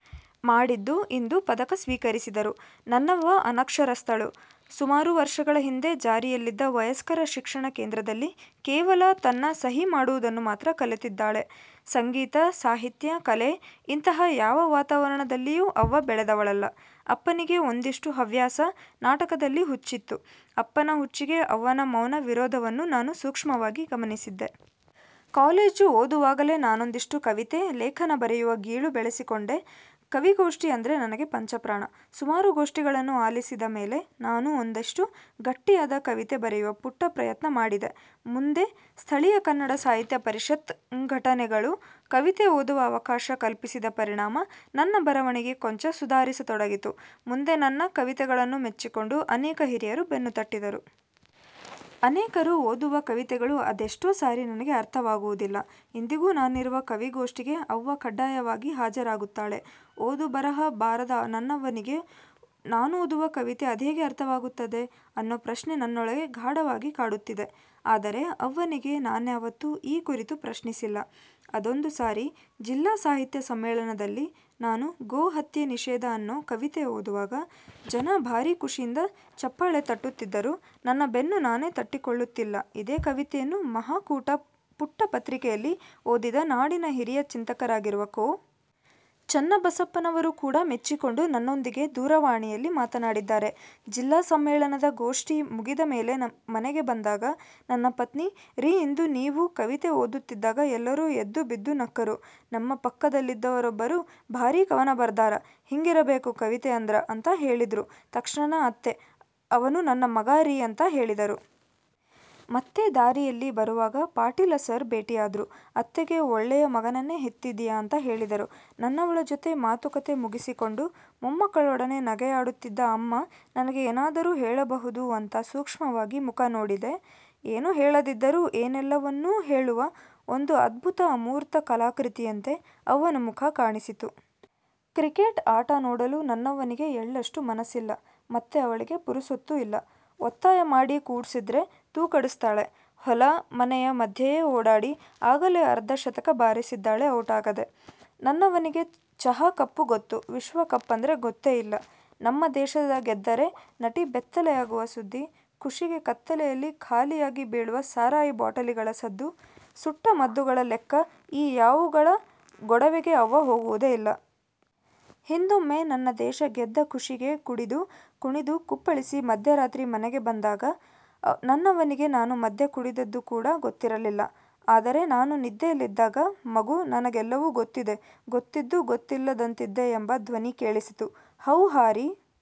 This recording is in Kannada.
ಮಾಡಿದ್ದು, ಇಂದು ಪದಕ ಸ್ವೀಕರಿಸಿದರು. ನನ್ನವ್ವ ಅನಕ್ಷರಸ್ಥಳು, ಸುಮಾರು ವರ್ಷಗಳ ಹಿಂದೆ ಜಾರಿಯಲ್ಲಿದ್ದ ವಯಸ್ಕರ ಶಿಕ್ಷಣ ಕೇಂದ್ರದಲ್ಲಿ ಕೇವಲ ತನ್ನ ಸಹಿ ಮಾಡುವುದನ್ನು ಮಾತ್ರ ಕಲಿತಿದ್ದಾಳೆ. ಸಂಗೀತ, ಸಾಹಿತ್ಯ, ಕಲೆ ಇಂತಹ ಯಾವ ವಾತರಣದಲ್ಲಿಯೂ ಅವ್ವ ಬೆಳೆದವಳಲ್ಲ. ಅಪ್ಪನಿಗೆ ಒಂದಿಷ್ಟು ಹವ್ಯಾಸ ನಾಟಕದಲ್ಲಿ ಹುಚ್ಚಿತ್ತು. ಅಪ್ಪನ ಹುಚ್ಚಿಗೆ ಅವ್ವನ ಮೌನ ವಿರೋಧವನ್ನು ನಾನು ಸೂಕ್ಷ್ಮವಾಗಿ ಗಮನಿಸಿದ್ದೆ. ಕಾಲೇಜು ಓದುವಾಗಲೇ ನಾನೊಂದಿಷ್ಟು ಕವಿತೆ, ಲೇಖನ ಬರೆಯುವ ಗೀಳು ಬೆಳೆಸಿಕೊಂಡೆ, ಕವಿಗೋಷ್ಠಿ ಅಂದ್ರೆ ನನಗೆ ಪಂಚಪ್ರಾಣ. ಸುಮಾರು ಗೋಷ್ಠಿಗಳನ್ನು ಆಲಿಸಿದ ಮೇಲೆ ನಾನೂ ಒಂದಿಷ್ಟು ಗಟ್ಟಿಯಾದ ಕವಿತೆ ಬರೆಯುವ ಪುಟ್ಟ ಪ್ರಯತ್ನ ಮಾಡಿದೆ, ಮುಂದೆ ಸ್ಥಳಿಯ ಕನ್ನಡ ಸಾಹಿತ್ಯ ಪರಿಷತ್ ಂಘಟನೆಗಳು ಕವಿತೆ ಓದುವ ಅವಕಾಶ ಕಲ್ಪಿಸಿದ ಪರಿಣಾಮ ನನ್ನ ಬರವಣಿಗೆ ಕೊಂಚ ಸುಧಾರಿಸತೊಡಗಿತು, ಮುಂದೆ ನನ್ನ ಕವಿತೆಗಳನ್ನು ಮೆಚ್ಚಿಕೊಂಡು ಅನೇಕ ಹಿರಿಯರು ಬೆನ್ನುತಟ್ಟಿದರು. ಅನೇಕರು ಓದುವ ಕವಿತೆಗಳು ಅದೇಷ್ಟೊ ಸಾರಿ ನನಗೆ ಅರ್ಥವಾಗುವುದಿಲ್ಲ. ಇಂದಿಗೂ ನಾನಿರುವ ಕವಿಗೋಷ್ಠಿಗೆ ಅವ್ವ ಕಡ್ಡಾಯವಾಗಿ ಹಾಜರಾಗುತ್ತಾಳೆ, ಓದು ಬರಹ ಬಾರದ ನನ್ನವ್ವನಿಗೆ ನಾನೋದುವ ಕವಿತೆ ಅದ್ಹೇಗೆ ಅರ್ಥವಾಗುತ್ತದೆ? ಅನ್ನೊ ಪ್ರಶ್ನೆ ನನ್ನೊಳಗೆ ಗಾಢವಾಗಿ ಕಾಡುತ್ತಿದೆ. ಆದರೆ ಅವ್ವನಿಗೆ ನಾನ್ಯಾವತ್ತೂ ಈ ಕುರಿತು ಪ್ರಶ್ನಿಸಿಲ್ಲ. ಅದೊಂದು ಸಾರಿ ಜಿಲ್ಲಾ ಸಾಹಿತ್ಯ ಸಮ್ಮೇಳನದಲ್ಲಿ ನಾನು 'ಗೋ ಹತ್ಯೆ ನಿಷೇಧ' ಅನ್ನೊ ಕವಿತೆ ಓದುವಾಗ ಜನ ಭಾರೀ ಖುಷಿಯಿಂದ ಚಪ್ಪಳೆ ತಟ್ಟುತ್ತಿದ್ದರು, ನನ್ನ ಬೆನ್ನು ನಾನೇ ತಟ್ಟಿಕೊಳ್ಳುತ್ತಿಲ್ಲ ಇದೇ ಕವಿತೆಯನ್ನು 'ಮಹಾಕೂಟ' ಪುಟ್ಟ ಪತ್ರಿಕೆಯಲ್ಲಿ ಓದಿದ ನಾಡಿನ ಹಿರಿಯ ಚಿಂತಕರಾಗಿರುವ ಕೋ. ಚನ್ನಬಸಪ್ಪನವರು ಕೂಡಾ ಮೆಚ್ಚಿಕೊಂಡು ನನ್ನೊಂದಿಗೆ ದೂರವಾಣಿಯಲ್ಲಿ ಮಾತನಾಡಿದ್ದಾರೆ. ಜಿಲ್ಲಾ ಸಮ್ಮೇಳನದ ಗೋಷ್ಠಿ ಮುಗಿದ ಮೇಲೆ ಮನೆಗೆ ಬಂದಾಗ ನನ್ನ ಪತ್ನಿ 'ರೀ ಇಂದು ನೀವು ಕವಿತೆ ಓದುತ್ತಿದ್ದಾಗ ಎಲ್ಲರೂ ಎದ್ದುಬಿದ್ದು ನಕ್ಕರು, ನಮ್ಮ ಪಕ್ಕದಲ್ಲಿದ್ದವರೊಬ್ಬರು 'ಭಾರೀ ಕವನ ಬರ್ದಾರ, ಹಿಂಗಿರಬೇಕು ಕವಿತೆ ಅಂದ್ರ' ಅಂತಾ ಹೇಳಿದ್ರು, ತಕ್ಷಣ ಅತ್ತೆ 'ಅವನು ನನ್ನ ಮಗಾ ರೀ' ಅಂತಾ ಹೇಳಿದರು. ಮತ್ತೆ ದಾರಿಯಲ್ಲಿ ಬರುವಾಗ ಪಾಟೀಲ ಸರ್ ಭೇಟಿಯಾದ್ರು, ಅತ್ತೆಗೆ 'ಒಳ್ಳೆಯ ಮಗನನ್ನೆ ಹೆತ್ತಿದ್ದಿಯಾ' ಅಂತಾ ಹೇಳಿದರು. ನನ್ನವಳ ಜೊತೆ ಮಾತುಕತೆ ಮುಗಿಸಿಕೊಂಡು ಮೊಮ್ಮಕ್ಕಳೊಡನೆ ನಗೆಯಾಡುತ್ತಿದ್ದ ಅಮ್ಮ ನನಗೆ ಏನಾದರೂ ಹೇಳಬಹುದು ಅಂತಾ ಸೂಕ್ಷ್ಮವಾಗಿ ಮುಖ ನೋಡಿದೆ, ಏನೂ ಹೇಳದಿದ್ದರೂ ಏನೇಲ್ಲವನ್ನೂ ಹೇಳುವ ಒಂದು ಅದ್ಭುತ ಅಮೂರ್ತ ಕಲಾಕೃತಿಯಂತೆ ಅವ್ವನ ಮುಖ ಕಾಣಿಸಿತು. ಕ್ರಿಕೆಟ ಆಟ ನೋಡಲು ನನ್ನವ್ವನಿಗೆ ಎಳ್ಳಷ್ಟೂ ಮನಸ್ಸಿಲ್ಲ ಮತ್ತೆ ಅವಳಿಗೆ ಪುರಸೊತ್ತು ಇಲ್ಲ. ಒತ್ತಾಯ ಮಾಡಿ ಕೂಡ್ಸಿದ್ರೆ ತೂಕಡಿಸ್ತಾಳೆ. ಹೊಲ; ಮನೆಯ ಮಧ್ಯೆಯೇ ಓಡಾಡಿ ಆಗಲೇ ಅರ್ಧ ಶತಕ ಬಾರಿಸಿದ್ದಾಳೆ ಔಟಾಗದೆ. ನನ್ನವ್ವನಿಗೆ ಚಹಾ ಕಪ್ಪು ಗೊತ್ತು ವಿಶ್ವ ಕಪಂದ್ರೆ ಗೊತ್ತೇ ಇಲ್ಲ. ನಮ್ಮ ದೇಶ ಗೆದ್ದರೆ ನಟಿ ಬೆತ್ತಲೆಯಾಗುವ ಸುದ್ದಿ, ಖುಷಿಗೆ ಕತ್ತಲೆಯಲಿ ಖಾಲಿಯಾಗಿ ಬೀಳುವ ಸರಾಯಿ ಬಾಟಲಿಗಳ ಸದ್ದು, ಸುಟ್ಟ ಮದ್ದುಗಳ ಲೆಕ್ಕ ಈ ಯಾವುಗಳ ಗೊಡವೆಗೆ ಅವ್ವ ಹೋಗುವದೇ ಇಲ್ಲ. ಹಿಂದೊಮ್ಮೆ ನನ್ನ ದೇಶ ಗೆದ್ದ ಖುಷಿಗೆ ಕುಡಿದು, ಕುಣಿದು ಕುಪ್ಪಳಿಸಿ ಮಧ್ಯರಾತ್ರಿ ಮನೆಗೆ ಬಂದಾಗ ನನ್ನವ್ವನಿಗೆ ನಾನು ಮದ್ಯ ಕುಡಿದಿದ್ದು ಕೂಡಾ ಗೊತ್ತಿರಲಿಲ್ಲ. ಆದರೆ ನಾನು ನಿದ್ದೆಯಲಿದ್ದಾಗ ಮಗು ನನಗೆಲ್ಲವೂ ಗೊತ್ತಿದೆ, ಗೊತ್ತಿದ್ದು ಗೊತ್ತಿಲ್ಲದಂತಿದ್ದೆ ಎಂಬ ಧ್ವನಿ ಕೆಳಿಸಿತು. ಹೌ.. ಹಾರಿ..